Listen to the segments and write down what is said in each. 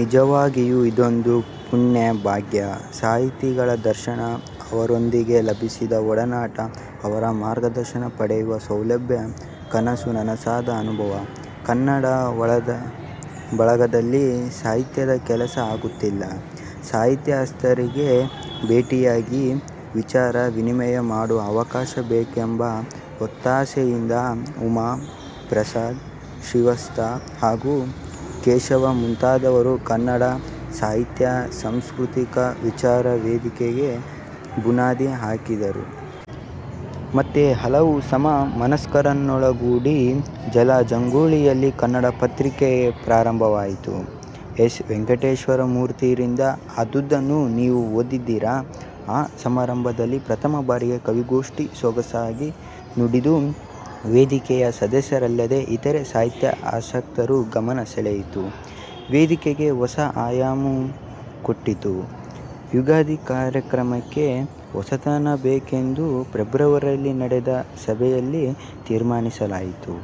ನಿಜವಾಗಿಯೂ ಇದೊಂದು ಪುಣ್ಯ, ಭಾಗ್ಯ. ಸಾಹಿತಿಗಳ ದರ್ಶನ, ಅವರೊಂದಿಗೆ ಲಭಿಸಿದ ಒಡನಾಟ, ಅವರ ಮಾರ್ಗದರ್ಶನ ಪಡೆಯುವ ಸೌಭಾಗ್ಯ ಕನಸು ನನಸಾದ ಅನುಭವ. ಕನ್ನಡ ಬಳಗದಲ್ಲಿ ಸಾಹಿತ್ಯದ ಕೆಲಸ ಆಗುತ್ತಿಲ್ಲ, ಸಾಹಿತ್ಯಾಸಕ್ತರಿಗೆ ಭೇಟಿಯಾಗಿ, ವಿಚಾರ ವಿನಿಮಯ ಮಾಡುವ ಅವಕಾಶ ಬೇಕೆಂಬ ಒತ್ತಾಸೆಯಿಂದ ಉಮಾ, ಪ್ರಸಾದ್, ಶ್ರೀವತ್ಸ ಹಾಗೂ ಕೇಶವ್ ಮುಂದಾದರು; ಕನ್ನಡ ಸಾಹಿತ್ಯ, ಸಾಂಸ್ಕೃತಿಕ, ವಿಚಾರ ವೇದಿಕೆಗೆ ಬುನಾದಿ ಹಾಕಿದರು. ಮತ್ತೆ ಹಲವು ಸಮ ಮನಸ್ಕರನ್ನೊಡಗೂಡಿ ಜಾಲಜಗುಲಿಯಲ್ಲಿ ಕನ್ನಡ ವಾರಪತ್ರಿಕೆ ಪ್ರಾರಂಭವಾಯಿತು. ಎಸ್. ವೆಂಕಟೇಶಮೂರ್ತಿಯವರಿಂದ ಆದದ್ದನ್ನು ನೀವು ಓದಿದ್ದೀರ. ಆ ಸಮಾರಂಭದಲ್ಲಿ ಪ್ರಥಮ ಬಾರಿಗೆ ಕವಿ ಗೋಷ್ಠಿ ಸೊಗಸಾಗಿ ನಡೆದು, ವೇದಿಕೆಯ ಸದಸ್ಯರಲ್ಲದೇ, ಇತರ ಸಾಹಿತ್ಯಾಸಕ್ತರ ಗಮನ ಸೆಳೆಯಿತು; ವೇದಿಕೆಗೆ ಹೊಸ ಆಯಾಮ ಕೊಟ್ಟಿತು. ಯುಗಾದಿ ಕಾರ್ಯಕ್ರಮಕ್ಕೆ ಹೊಸತನವಿರಬೇಕೆಂದು ಫೆಬ್ರವರಿಯಲ್ಲಿ ನಡೆದ ಸಭೆಯಲ್ಲಿ ತೀರ್ಮಾನಿಸಲಾಯಿತು.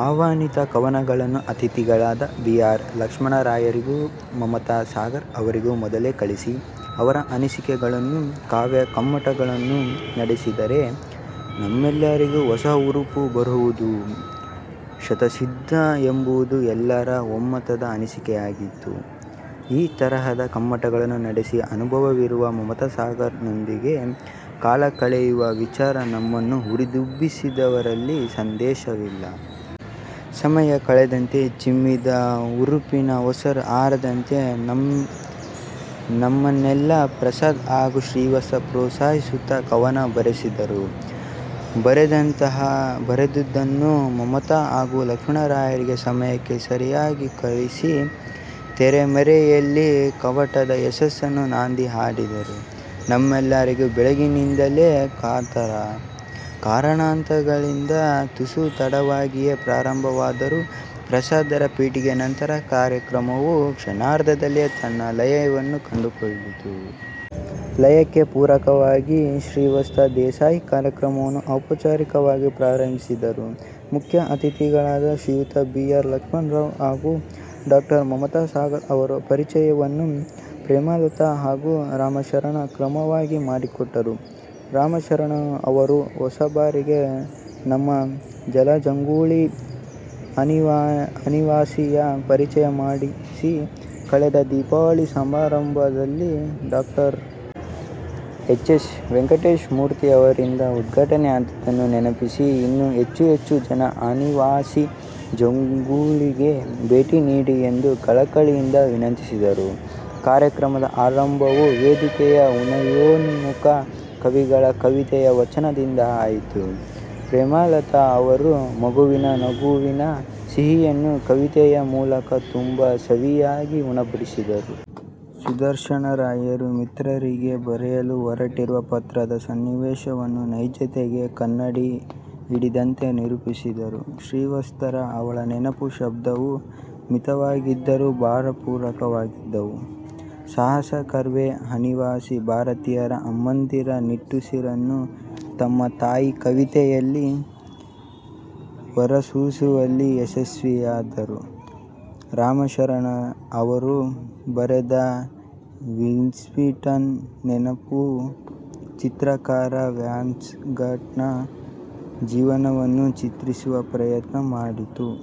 ಆಹ್ವಾನಿತ ಕವನಗಳನ್ನು ಅತಿಥಿಗಳಾದ ಬಿ. ಆರ್. ಲಕ್ಷ್ಮಣರಾಯರಿಗೂ, ಮಮತಾ ಸಾಗರ್ ಅವರಿಗೂ ಮೊದಲೇ ಕಳಿಸಿ, ಅವರ ಅನಿಸಿಕೆಗಳನ್ನೂ, ಕಾವ್ಯ ಕಮ್ಮಟವನ್ನೂ ನಡೆಸಿದರೆ, ನಮಗೆಲ್ಲ ಹೊಸ ಹುರುಪು ಬರುವುದು ಶತಃಸಿದ್ಧ ಎಂಬುದು ಎಲ್ಲರ ಒಮ್ಮತದ ಅನಿಸಿಕೆಯಾಗಿತ್ತು. ಈ ತರಹದ ಕಮ್ಮಟಗಳನ್ನು ನಡೆಸಿ ಅನುಭವವಿರುವ ಮಮತಾ ಸಾಗರ್ ನಮ್ಮೊಡನೆ ಕಾಲ ಕಳೆಯುವ ವಿಚಾರ ನಮ್ಮನ್ನು ಹುರಿದುಂಬಿಸಿದ್ದರಲ್ಲಿ ಸಂದೇಹವಿಲ್ಲ. ಸಮಯ ಕಳೆದಂತೆ, ಚಿಮ್ಮಿದ ಹುರುಪಿನ ಒಸರೆ ಆರದಂತೆ ನಮ್ಮನ್ನೆಲ್ಲ ಪ್ರಸಾದ್ ಹಾಗೂ ಶ್ರೀವತ್ಸ ಪ್ರೋತ್ಸಾಹಿಸುತ್ತ ಕವನ ಬರೆಸಿದರು. ಬರೆದಿದ್ದನ್ನು ಮಮತಾ ಹಾಗೂ ಲಕ್ಷ್ಮಣರಾಯರಿಗೆ ಸಮಯಕ್ಕೆ ಸರಿಯಾಗಿ ಕಳಿಸಿ, ತೆರೆಮರೆಯಲ್ಲಿ ಕಮ್ಮಟದ ಯಶಸ್ಸಿಗೆ ನಾಂದಿ ಹಾಡಿದರು. ನಮಗೆಲ್ಲ ಬೆಳಗಿನಿಂದಲೇ ಕಾತರ. ಕಾರಣಾಂತರಗಳಿಂದ ತುಸು ತಡವಾಗಿಯೇ ಆರಂಭವಾದರೂ, ಪ್ರಸಾದರ ಪೀಠಿಕೆಯ ನಂತರ ಕಾರ್ಯಕ್ರಮವು ಕ್ಷಣಾರ್ಧದಲ್ಲಿ ತನ್ನ ಲಯವನ್ನು ಕಂಡುಕೊಂಡಿತು. ಲಯಕ್ಕೆ ಪೂರಕವಾಗಿ ಶ್ರೀವತ್ಸ ದೇಸಾಯಿ ಕಾರ್ಯಕ್ರಮವನ್ನು ಔಪಚಾರಿಕವಾಗಿ ಪ್ರಾರಂಭಿಸಿದರು. ಮುಖ್ಯ ಅತಿಥಿಗಳಾದ ಶ್ರೀಯುತ ಬಿ. ಆರ್. ಲಕ್ಷ್ಮಣರಾವ್ ಹಾಗೂ ಡಾ. ಮಮತಾ ಸಾಗರ ಅವರ ಪರಿಚಯವನ್ನು ಪ್ರೇಮಲತಾ ಮತ್ತು ರಾಮಶರಣ ಕ್ರಮವಾಗಿ ಮಾಡಿಕೊಟ್ಟರು. ರಾಮಶರಣ ಅವರು ಹೊಸಬರಿಗೆ ನಮ್ಮ ಜಾಲಜಗುಲಿ "ಅನಿವಾಸಿ"ಯ ಪರಿಚಯ ಮಾಡಿಸಿ ಕಳೆದ ದೀಪಾವಳಿ ಸಮಾರಂಭದಲ್ಲಿ ಡಾ. ಹೆಚ್ ಎಸ್ ವೆಂಕಟೇಶ ಮೂರ್ತಿಯವರಿಂದ ಉದ್ಘಾಟನೆಯಾದದ್ದನ್ನು ನೆನಪಿಸಿ, ಇನ್ನೂ ಹೆಚ್ಚು ಹೆಚ್ಚು ಜನ "ಅನಿವಾಸಿ" ಜಗುಲಿಗೆ ಭೇಟಿ ನೀಡಿ ಎಂದು ಕಳಕಳಿಯಿಂದ ವಿನಂತಿಸಿದರು. ಕಾರ್ಯಕ್ರಮದ ಆರಂಭವು ವೇದಿಕೆಯ ಉದಯೋನ್ಮುಖ ಕವಿಗಳ ಕವಿತೆ ವಾಚನದಿಂದ ಆಯಿತು. ಪ್ರೇಮಲತಾ ಅವರು ಮಗುವಿನ ನಗುವಿನ ಸಿಹಿಯನ್ನು ಕವಿತೆಯ ಮೂಲಕ ತುಂಬಾ ಸವಿಯಾಗಿ ಉಣಬಡಿಸಿದರು. ಸುದರ್ಶನರಾಯರು ಮಿತ್ರನಿಗೆ ಬರೆಯಲು ಹೊರಟ ಪತ್ರದ ಸನ್ನಿವೇಶವನ್ನು ನೈಜತೆಗೆ ಕನ್ನಡಿ ಹಿಡಿದಂತೆ ನಿರೂಪಿಸಿದರು. ಶ್ರೀವತ್ಸರ 'ಅವಳ ನೆನಪು', ಶಬ್ದಗಳು ಮಿತವಾಗಿದ್ದರೂ ಭಾವಪೂರ್ಣವಾಗಿದ್ದವು. ಸುಹಾಸ ಕರ್ವೆ ಅನಿವಾಸಿ ಭಾರತೀಯರ ಅಮ್ಮಂದಿರ ನಿಟ್ಟುಸಿರನ್ನು ತಮ್ಮ 'ತಾಯಿ' ಕವಿತೆಯಲ್ಲಿ ಹೊರಸೂಸುವಲ್ಲಿ ಯಶಸ್ವಿಯಾದರು. ರಾಮಶರಣ ಅವರು ಬರೆದ 'ವಿನ್ಸೆಂಟನ ನೆನಪು' ಚಿತ್ರಕಾರ ವ್ಯಾನ್ ಗಾಘ್ ನ ಜೀವನವನ್ನು ಚಿತ್ರಿಸುವ ಪ್ರಯತ್ನ ಮಾಡಿತು.